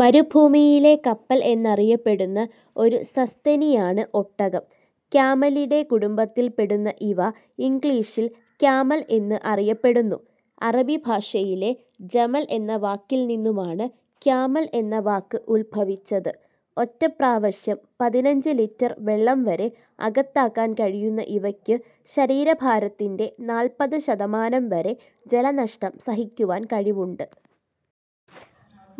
മരുഭൂമിയിലെ കപ്പൽ എന്നറിയപ്പെടുന്ന ഒരു സസ്തനിയാണ് ഒട്ടകം. ക്യാമലിഡേ കുടുംബത്തിൽ പെടുന്ന ഇവ ഇംഗ്ലീഷിൽ ക്യാമൽ എന്ന് അറിയപ്പെടുന്നു. അറബി ഭാഷയിലെ ജമൽ എന്ന വാക്കിൽ നിന്നുമാണ് ക്യാമൽ എന്ന വാക്ക് ഉത്ഭവിച്ചത്. ഒറ്റപ്രാവശ്യം പതിനഞ്ച് ലിറ്റർ വെള്ളം വരെ അകത്താക്കാൻ കഴിയുന്ന ഇവയ്ക്ക് ശരീരഭാരത്തിൻ്റെ നാൽപ്പത് ശതമാനം വരെ ജലനഷ്ടം സഹിക്കുവാൻ കഴിവുണ്ട്.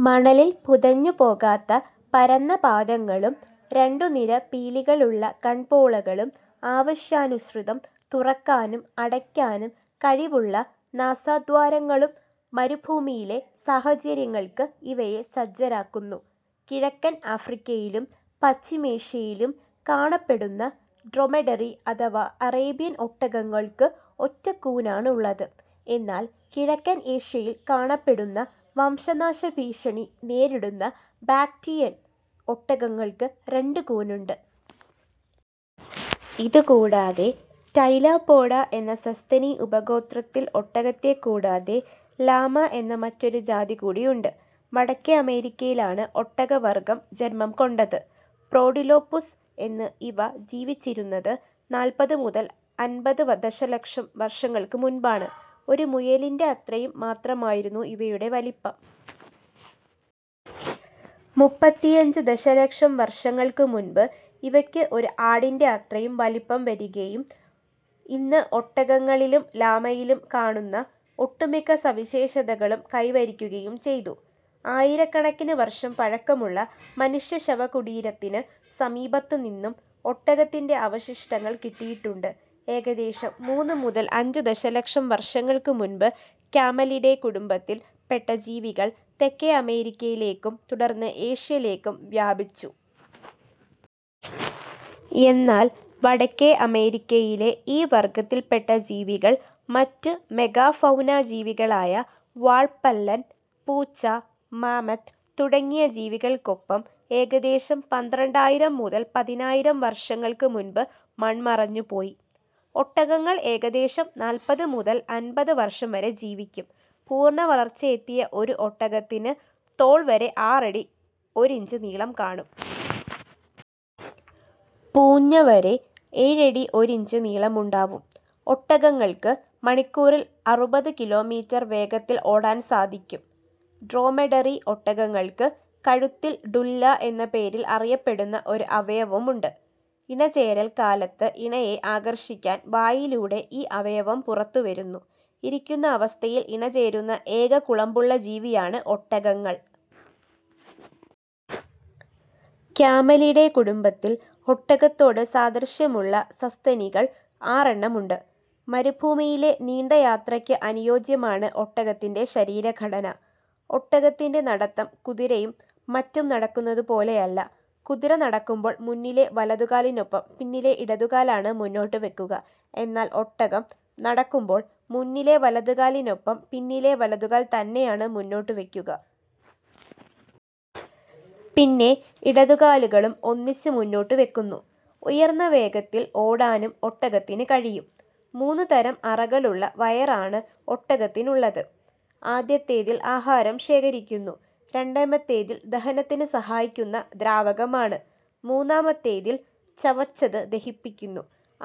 മണലിൽ പുതഞ്ഞു പോകാത്ത പരന്ന പാദങ്ങളും, രണ്ടു നിര പീലികളുള്ള കൺപോളകളും, ആവശ്യാനുസൃതം തുറക്കാനും അടയ്ക്കാനും കഴിവുള്ള നാസാദ്വാരങ്ങളും മരുഭൂമിയിലെ സാഹചര്യങ്ങൾക്ക് ഇവയെ സജ്ജരാക്കുന്നു. കിഴക്കൻ ആഫ്രിക്കയിലും പശ്ചിമേഷ്യയിലും കാണപ്പെടുന്ന ഡ്രോമെഡറി അഥവാ അറേബ്യൻ ഒട്ടകങ്ങൾക്ക് ഒറ്റ കൂനാണ് ഉള്ളത്. എന്നാൽ കിഴക്കൻ ഏഷ്യയിൽ കാണപ്പെടുന്ന വംശനാശഭീഷണി നേരിടുന്ന ബാക്ട്രിയൻ ഒട്ടകങ്ങൾക്ക് രണ്ട് കൂനുണ്ട്. ഇതു കൂടാതെ ടൈലോപോഡ എന്ന സസ്തനി ഉപഗോത്രത്തിൽ ഒട്ടകത്തെ കൂടാതെ ലാമ എന്ന മറ്റൊരു ജാതി കൂടിയുണ്ട്. വടക്കേ അമേരിക്കയിലാണ് ഒട്ടക വർഗ്ഗം ജന്മം കൊണ്ടത്. പ്രോടിലോപുസ് എന്ന ഇവ ജീവിച്ചിരുന്നത് നാൽപ്പത് മുതൽ അൻപത് ദശലക്ഷം വർഷങ്ങൾക്ക് മുൻപാണ്. ഒരു മുയലിൻ്റെ അത്രയും മാത്രമായിരുന്നു ഇവയുടെ വലിപ്പം. മുപ്പത്തിയഞ്ച് ദശലക്ഷം വർഷങ്ങൾക്ക് മുൻപ് ഇവയ്ക്ക് ഒരു ആടിൻ്റെ അത്രയും വലിപ്പം വരികയും ഇന്ന് ഒട്ടകങ്ങളിലും ലാമയിലും കാണുന്ന ഒട്ടുമിക്ക സവിശേഷതകളും കൈവരിക്കുകയും ചെയ്തു. ആയിരക്കണക്കിന് വർഷം പഴക്കമുള്ള മനുഷ്യ ശവകുടീരത്തിന് സമീപത്ത് നിന്നും ഒട്ടകത്തിൻ്റെ അവശിഷ്ടങ്ങൾ കിട്ടിയിട്ടുണ്ട്. ഏകദേശം മൂന്ന് മുതൽ അഞ്ച് ദശലക്ഷം വർഷങ്ങൾക്ക് മുൻപ് ക്യാമലിഡേ കുടുംബത്തിൽ പെട്ട ജീവികൾ തെക്കേ അമേരിക്കയിലേക്കും തുടർന്ന് ഏഷ്യയിലേക്കും വ്യാപിച്ചു. എന്നാൽ വടക്കേ അമേരിക്കയിലെ ഈ വർഗ്ഗത്തിൽ പെട്ട ജീവികൾ മറ്റു മെഗാഫൗന ജീവികളായ വാൾപല്ലൻ പൂച്ച, മാമത്ത് തുടങ്ങിയ ജീവികൾക്കൊപ്പം ഏകദേശം പന്ത്രണ്ടായിരം മുതൽ പതിനായിരം വർഷങ്ങൾക്ക് മുൻപ് മൺമറഞ്ഞുപോയി. ഒട്ടകങ്ങൾ ഏകദേശം നാൽപ്പത് മുതൽ അൻപത് വർഷം വരെ ജീവിക്കും. പൂർണ്ണവളർച്ചയെത്തിയ ഒരു ഒട്ടകത്തിന് തോൾവരെ ആറടി ഒരിഞ്ച് നീളം കാണും. പൂഞ്ഞ വരെ ഏഴടി ഒരിഞ്ച് നീളമുണ്ടാവും. ഒട്ടകങ്ങൾക്ക് മണിക്കൂറിൽ അറുപത് കിലോമീറ്റർ വേഗത്തിൽ ഓടാൻ സാധിക്കും. ഡ്രോമെഡറി ഒട്ടകങ്ങൾക്ക് കഴുത്തിൽ ഡുല്ല എന്ന പേരിൽ അറിയപ്പെടുന്ന ഒരു അവയവമുണ്ട്, ഇണചേരൽ കാലത്ത് ഇണയെ ആകർഷിക്കാൻ വായിലൂടെ ഈ അവയവം പുറത്തുവരുന്നു. ഇരിക്കുന്ന അവസ്ഥയിൽ ഇണചേരുന്ന ഏക കുളമ്പുള്ള ജീവിയാണ് ഒട്ടകങ്ങൾ. ക്യാമലിഡേ കുടുംബത്തിൽ ഒട്ടകത്തോട് സാദൃശ്യമുള്ള സസ്തനികൾ ആറെണ്ണം ഉണ്ട്. മരുഭൂമിയിലെ നീണ്ട യാത്രയ്ക്ക് അനുയോജ്യമാണ് ഒട്ടകത്തിൻ്റെ ശരീരഘടന. ഒട്ടകത്തിൻ്റെ നടത്തം കുതിരയും മറ്റും നടക്കുന്നതുപോലെയല്ല. കുതിര നടക്കുമ്പോൾ മുന്നിലെ വലതുകാലിനൊപ്പം പിന്നിലെ ഇടതുകാലാണ് മുന്നോട്ട് വെക്കുക. എന്നാൽ ഒട്ടകം നടക്കുമ്പോൾ മുന്നിലെ വലതുകാലിനൊപ്പം പിന്നിലെ വലതുകാൽ തന്നെയാണ് മുന്നോട്ട് വെക്കുക. പിന്നെ ഇടതുകാലുകളും ഒന്നിച്ച് മുന്നോട്ട് വെക്കുന്നു. ഉയർന്ന വേഗത്തിൽ ഓടാനും ഒട്ടകത്തിന് കഴിയും. മൂന്ന് തരം അറകളുള്ള വയറാണ് ഒട്ടകത്തിനുള്ളത്. ആദ്യത്തേതിൽ ആഹാരം ശേഖരിക്കുന്നു, രണ്ടാമത്തേതിൽ ദഹനത്തിന് സഹായിക്കുന്ന ദ്രാവകമാണ്, മൂന്നാമത്തേതിൽ ചവച്ചത് ദഹിപ്പിക്കുന്നു.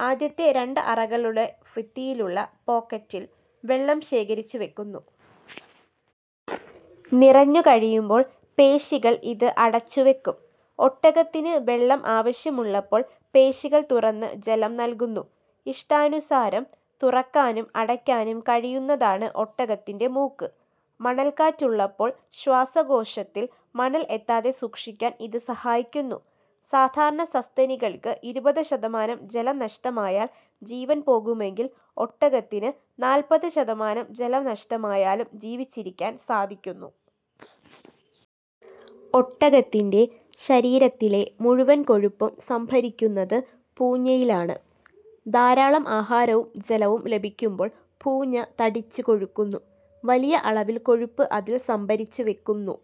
ആദ്യത്തെ രണ്ട് അറകളുടെ ഭിത്തിയിലുള്ള പോക്കറ്റിൽ വെള്ളം ശേഖരിച്ചു വെക്കുന്നു. നിറഞ്ഞു കഴിയുമ്പോൾ പേശികൾ ഇത് അടച്ചു വെക്കും. ഒട്ടകത്തിന് വെള്ളം ആവശ്യമുള്ളപ്പോൾ പേശികൾ തുറന്ന് ജലം നൽകുന്നു. ഇഷ്ടാനുസാരം തുറക്കാനും അടയ്ക്കാനും കഴിയുന്നതാണ് ഒട്ടകത്തിൻ്റെ മൂക്ക്. മണൽക്കാറ്റുള്ളപ്പോൾ ശ്വാസകോശത്തിൽ മണൽ എത്താതെ സൂക്ഷിക്കാൻ ഇത് സഹായിക്കുന്നു. സാധാരണ സസ്തനികൾക്ക് ഇരുപത് ശതമാനം ജലം നഷ്ടമായാൽ ജീവൻ പോകുമെങ്കിൽ ഒട്ടകത്തിന് നാൽപ്പത് ശതമാനം ജലം നഷ്ടമായാലും ജീവിച്ചിരിക്കാൻ സാധിക്കുന്നു. ഒട്ടകത്തിൻ്റെ ശരീരത്തിലെ മുഴുവൻ കൊഴുപ്പും സംഭരിക്കുന്നത് പൂഞ്ഞയിലാണ്. ധാരാളം ആഹാരവും ജലവും ലഭിക്കുമ്പോൾ പൂഞ്ഞ തടിച്ച് കൊഴുക്കുന്നു. വലിയ അളവിൽ കൊഴുപ്പ് അതിൽ സംഭരിച്ചു വെക്കുന്നു.